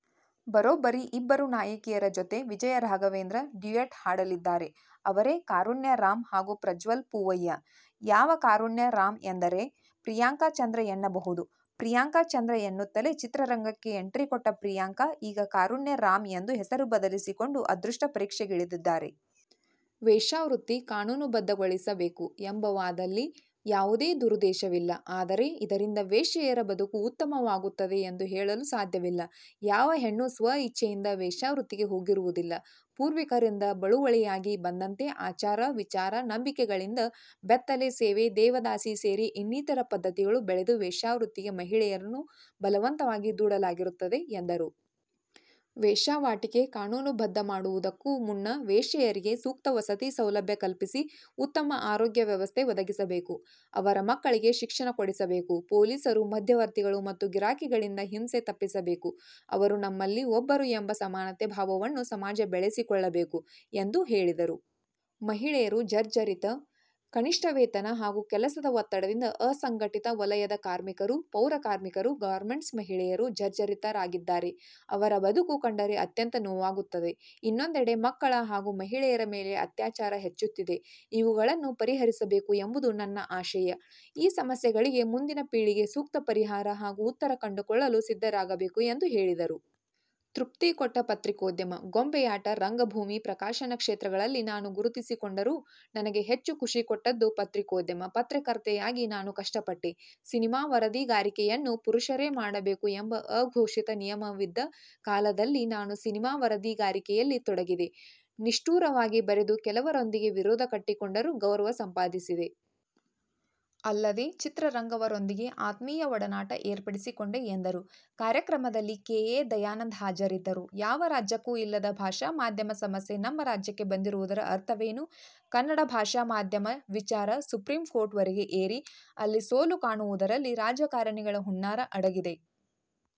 ಬರೋಬ್ಬರಿ ಇಬ್ಬರು ನಾಯಕಿಯರ ಜೊತೆ ವಿಜಯ ರಾಘವೇಂದ್ರ ಡ್ಯುಯೆಟ್ ಹಾಡಲಿದ್ದಾರೆ. ಅವರೇ ಕಾರುಣ್ಯ ರಾಂ ಹಾಗೂ ಪ್ರಜ್ವಲ್ ಪೂವಯ್ಯ. ಯಾವ ಕಾರುಣ್ಯ ರಾಂ ಎಂದರೆ ಪ್ರಿಯಾಂಕಾ ಚಂದ್ರ ಎನ್ನಬಹುದು. ಪ್ರಿಯಾಂಕಾ ಚಂದ್ರ ಎನ್ನುತ್ತಲೇ ಚಿತ್ರರಂಗಕ್ಕೆ ಎಂಟ್ರಿಕೊಟ್ಟ ಪ್ರಿಯಾಂಕಾ ಈಗ ಕಾರುಣ್ಯ ರಾಂ ಎಂದು ಹೆಸರು ಬದಲಿಸಿಕೊಂಡು ಅದೃಷ್ಟ ಪರೀಕ್ಷೆಗಿಳಿದಿದ್ದಾರೆ. ವೇಶ್ಯಾವೃತ್ತಿ ಕಾನೂನುಬದ್ಧಗೊಳಿ ಸಬೇಕು ಎಂಬ ವಾದಲ್ಲಿ ಯಾವುದೇ ದುರುದೇಶವಿಲ್ಲ. ಆದರೆ, ಇದರಿಂದ ವೇಶ್ಯೆಯರ ಬದುಕು ಉತ್ತಮವಾ ಗುತ್ತದೆ ಎಂದು ಹೇಳಲು ಸಾಧ್ಯವಿಲ್ಲ. ಯಾವ ಹೆಣ್ಣೂ ಸ್ವಯಿಚ್ಛೆಯಿಂದ ವೇಶ್ಯಾವೃತ್ತಿಗೆ ಹೋಗಿರುವುದಿಲ್ಲ. ಪೂರ್ವಿಕರಿಂದ ಬಳುವಳಿಯಾಗಿ ಬಂದಂತೆ ಆಚಾರ, ವಿಚಾರ, ನಂಬಿಕೆಗಳಿಂದ ಬೆತ್ತಲೆ ಸೇವೆ, ದೇವದಾಸಿ ಸೇರಿ ಇನ್ನಿತರ ಪದ್ದತಿಗಳು ಬೆಳೆದು ವೇಶ್ಯಾವೃತ್ತಿಗೆ ಮಹಿಳೆಯರನ್ನು ಬಲವಂತವಾಗಿ ದೂಡಲಾಗಿರುತ್ತದೆ ಎಂದರು. ವೇಶ್ಯಾವಾಟಿಕೆ ಕಾನೂನು ಬದ್ಧ ಮಾಡುವುದಕ್ಕೂ ಮುನ್ನ ವೇಶ್ಯೆಯರಿಗೆ ಸೂಕ್ತ ವಸತಿ ಸೌಲಭ್ಯ ಕಲ್ಪಿಸಿ, ಉತ್ತಮ ಆರೋಗ್ಯ ವ್ಯವಸ್ಥೆ ಒದಗಿಸಬೇಕು. ಅವರ ಮಕ್ಕಳಿಗೆ ಶಿಕ್ಷಣ ಕೊಡಿಸಬೇಕು. ಪೊಲೀಸರು, ಮಧ್ಯವರ್ತಿಗಳು ಮತ್ತು ಗಿರಾಕಿಗಳಿಂದ ಹಿಂಸೆ ತಪ್ಪಿಸಿಸಬೇಕು. ಅವರೂ ನಮ್ಮಲ್ಲಿ ಒಬ್ಬರು ಎಂಬ ಸಮಾನತೆ ಭಾವವನ್ನು ಸಮಾಜ ಬೆಳೆಸಿಕೊಳ್ಳಬೇಕು ಎಂದು ಹೇಳಿದರು. ಮಹಿಳೆಯರು ಜರ್ಝರಿತ: ಕನಿಷ್ಠ ವೇತನ ಹಾಗೂ ಕೆಲಸದ ಒತ್ತಡದಿಂದ ಅಸಂಘಟಿತ ವಲಯದ ಕಾರ್ಮಿಕರು, ಪೌರಕಾರ್ಮಿಕರು, ಗಾರ್ಮೆಂಟ್ಸ್ ಮಹಿಳೆಯರು ಜರ್ಝರಿತರಾಗಿದ್ದಾರೆ. ಅವರ ಬದಕು ಕಂಡರೆ ಅತ್ಯಂತ ನೋವಾಗುತ್ತದೆ. ಇನ್ನೊಂದೆಡೆ ಮಕ್ಕಳ ಹಾಗೂ ಮಹಿಳೆಯರ ಮೇಲೆ ಅತ್ಯಾಚಾರ ಹೆಚ್ಚುತ್ತಿದೆ. ಇವುಗಳನ್ನು ಪರಿಹರಿಸಬೇಕು ಎಂಬುದು ನನ್ನ ಆಶಯ. ಈ ಸಮಸ್ಯೆಗಳಿಗೆ ಮುಂದಿನ ಪೀಳಿಗೆ ಸೂಕ್ತ ಪರಿಹಾರ ಹಾಗೂ ಉತ್ತರ ಕಂಡುಕೊಳ್ಳಲು ಸಿದ್ಧರಾಗಬೇಕು ಎಂದು ಹೇಳಿದರು. ತೃಪ್ತಿಕೊಟ್ಟ ಪತ್ರಿಕೋದ್ಯಮ: ಗೊಂಬೆಯಾಟ, ರಂಗಭೂಮಿ, ಪ್ರಕಾಶನ ಕ್ಷೇತ್ರಗಳಲ್ಲಿ ನಾನು ಗುರುತಿಸಿಕೊಂಡರೂ, ನನಗೆ ಹೆಚ್ಚು ಖುಷಿಕೊಟ್ಟದ್ದು ಪತ್ರಿಕೋದ್ಯಮ. ಪತ್ರಕರ್ತೆಯಾಗಿ ನಾನು ಕಷ್ಟಪಟ್ಟೆ. ಸಿನಿಮಾ ವರದಿಗಾರಿಕೆಯನ್ನು ಪುರುಷರೇ ಮಾಡಬೇಕು ಎಂಬ ಅಘೋಷಿತ ನಿಯಮವಿದ್ದ ಕಾಲದಲ್ಲಿ ನಾನು ಸಿನಿಮಾ ವರದಿಗಾರಿಕೆಯಲ್ಲಿ ತೊಡಗಿದೆ. ನಿಷ್ಠುರವಾಗಿ ಬರೆದು ಕೆಲವರೊಂದಿಗೆ ವಿರೋಧ ಕಟ್ಟಿಕೊಂಡರೂ ಗೌರವ ಸಂಪಾದಿಸಿದೆ. ಅಲ್ಲದೆ, ಚಿತ್ರರಂಗವರೊಂದಿಗೆ ಆತ್ಮೀಯ ಒಡನಾಟ ಏರ್ಪಡಿಸಿಕೊಂಡೆ ಎಂದರು. ಕಾರ್ಯಕ್ರಮದಲ್ಲಿ ಕೆ. ಎ. ದಯಾನಂದ ಹಾಜರಿದ್ದರು. ಯಾವ ರಾಜ್ಯಕ್ಕೂ ಇಲ್ಲದ ಭಾಷಾ ಮಾಧ್ಯಮ ಸಮಸ್ಯೆ ನಮ್ಮ ರಾಜ್ಯಕ್ಕೆ ಬಂದಿರುವುದರ ಅರ್ಥವೇನು? ಕನ್ನಡ ಭಾಷಾ ಮಾಧ್ಯಮ ವಿಚಾರ ಸುಪ್ರಿಂ ಕೋರ್ಟ್ವರೆಗೆ ಏರಿ, ಅಲ್ಲಿ ಸೋಲು ಕಾಣುವುದರಲ್ಲಿ ರಾಜಕಾರಣಿಗಳ ಹುನ್ನಾರ ಅಡಗಿದೆ.